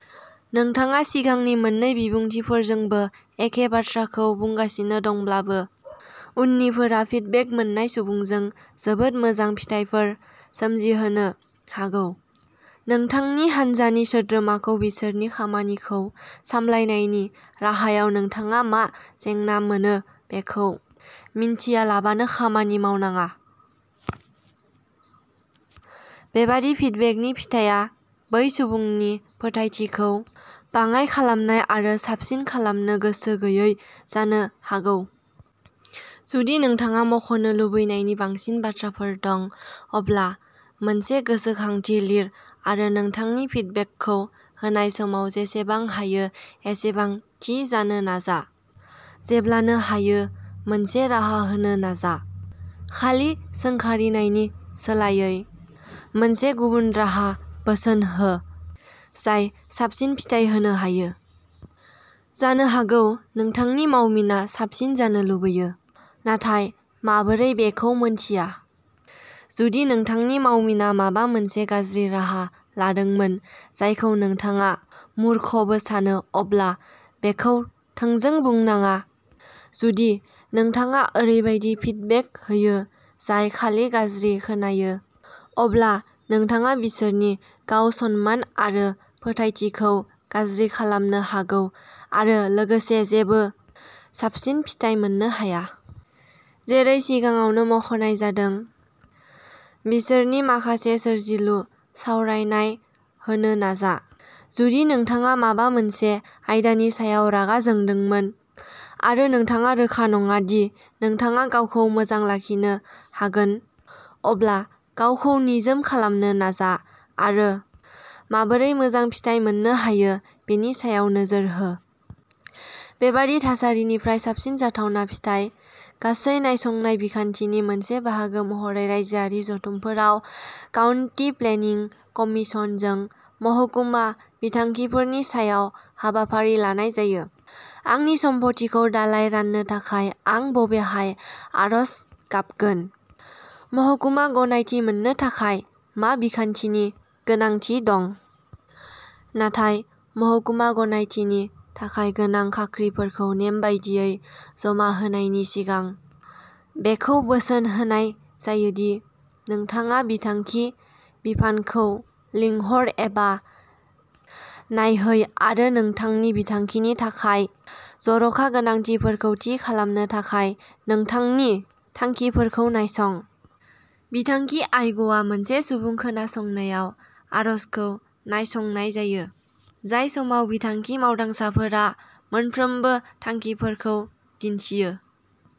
नोंथाङा सिगांनि मोन्नै बिबुंथिफोरजोंबो एखे बाथ्राखौ बुंगासिनो दंब्लाबो, उननिफोरा फिडबेक मोन्नाय सुबुंजों जोबोद मोजां फिथायफोर सोमजिहोनो हागौ। नोंथांनि हानजानि सोद्रोमाखौ बिसोरनि खामानिखौ सामलायनायनि राहायाव नोंथाङा मा जेंना मोनो बेखौ मिन्थिङालाबानो खामानि मावनाङा। बेबादि फिडबेकनि फिथाया बै सुबुंनि फोथायथिखौ बाङाइ खालामनाय आरो साबसिन खालामनो गोसो गैयै जानो हागौ। जुदि नोंथाङा मख'नो लुबैनायनि बांसिन बाथ्राफोर दं, अब्ला मोनसे गोसोखांथि लिर आरो नोंथांनि फिडबेकखौ होनाय समाव जेसेबां हायो एसेबां थि जानो नाजा। जेब्लानो हायो, मोनसे राहा होनो नाजा। खालि सोंखारिनायनि सोलायै, मोनसे गुबुन राहा बोसोन हो जाय साबसिन फिथाय होनो हायो। जानो हागौ नोंथांनि मावमिना साबसिन जानो लुबैयो, नाथाय माबोरै बेखौ मिन्थिया? जुदि नोंथांनि मावमिना माबा मोनसे गाज्रि राहा लादोंमोन जायखौ नोंथाङा मूर्खबो सानो, अब्ला बेखौ थोंजों बुंनाङा। जुदि नोंथाङा ओरैबायदि फिडबेक होयो जाय खालि गाज्रि खोनायो, अब्ला नोंथाङा बिसोरनि गाव-सनमान आरो फोथायथिखौ गाज्रि खालामनो हागौ आरो लोगोसे जेबो साबसिन फिथाय मोननो हाया। जेरै सिगाङावनो मुंख'नाय जादों, बिसोरनो माखासे सोरजिलु सावरायनाय होनो नाजा। जुदि नोंथाङा माबा मोनसे आयदानि सायाव रागा जोंदोंमोन, आरो नोंथाङा रोखा नङा दि नोंथाङा गावखौ मोजां लाखिनो हागोन, अब्ला गावखौ निजोम खालामनो नाजा आरो माबोरै मोजां फिथाय मोननो हायो बेनि सायाव नोजोर हो। बेबादि थासारिनिफ्राय साबसिन जाथावना फिथाय। गासै नायसंनाय बिखान्थिनि मोनसे बाहागो महरै रायजोआरि जथुमफोराव काउन्टि प्लेनिं कमिसनजों महकुमा बिथांखिफोरनि सायाव हाबाफारि लानाय जायो। आंनि सम्फथिखौ दालाय राननो थाखाय आं बबेहाय आर'ज गाबगोन? महकुमा गनायथि मोन्नो थाखाय मा बिखान्थिनि गोनांथि दं? नाथाय, महकुमा गनायथिनि थाखाय गोनां खाख्रिफोरखौ नेम बायदियै जमा होनायनि सिगां, बेखौ बोसोन होनाय जायो दि नोंथाङा बिथांखि बिफानखौ लिंहर एबा नायहै आरो नोंथांनि बिथांखिनि थाखाय जर'खा गोनांथिफोरखौ थि खालामनो थाखाय नोंथांनि थांखिफोरखौ नायसं। बिथांखि आय'गआ मोनसे सुबुं खोनासंनायाव आर'जखौ नायसंनाय जायो, जाय समाव बिथांखि मावदांसाफोरा मोनफ्रोमबो थांखिफोरखौ दिन्थियो।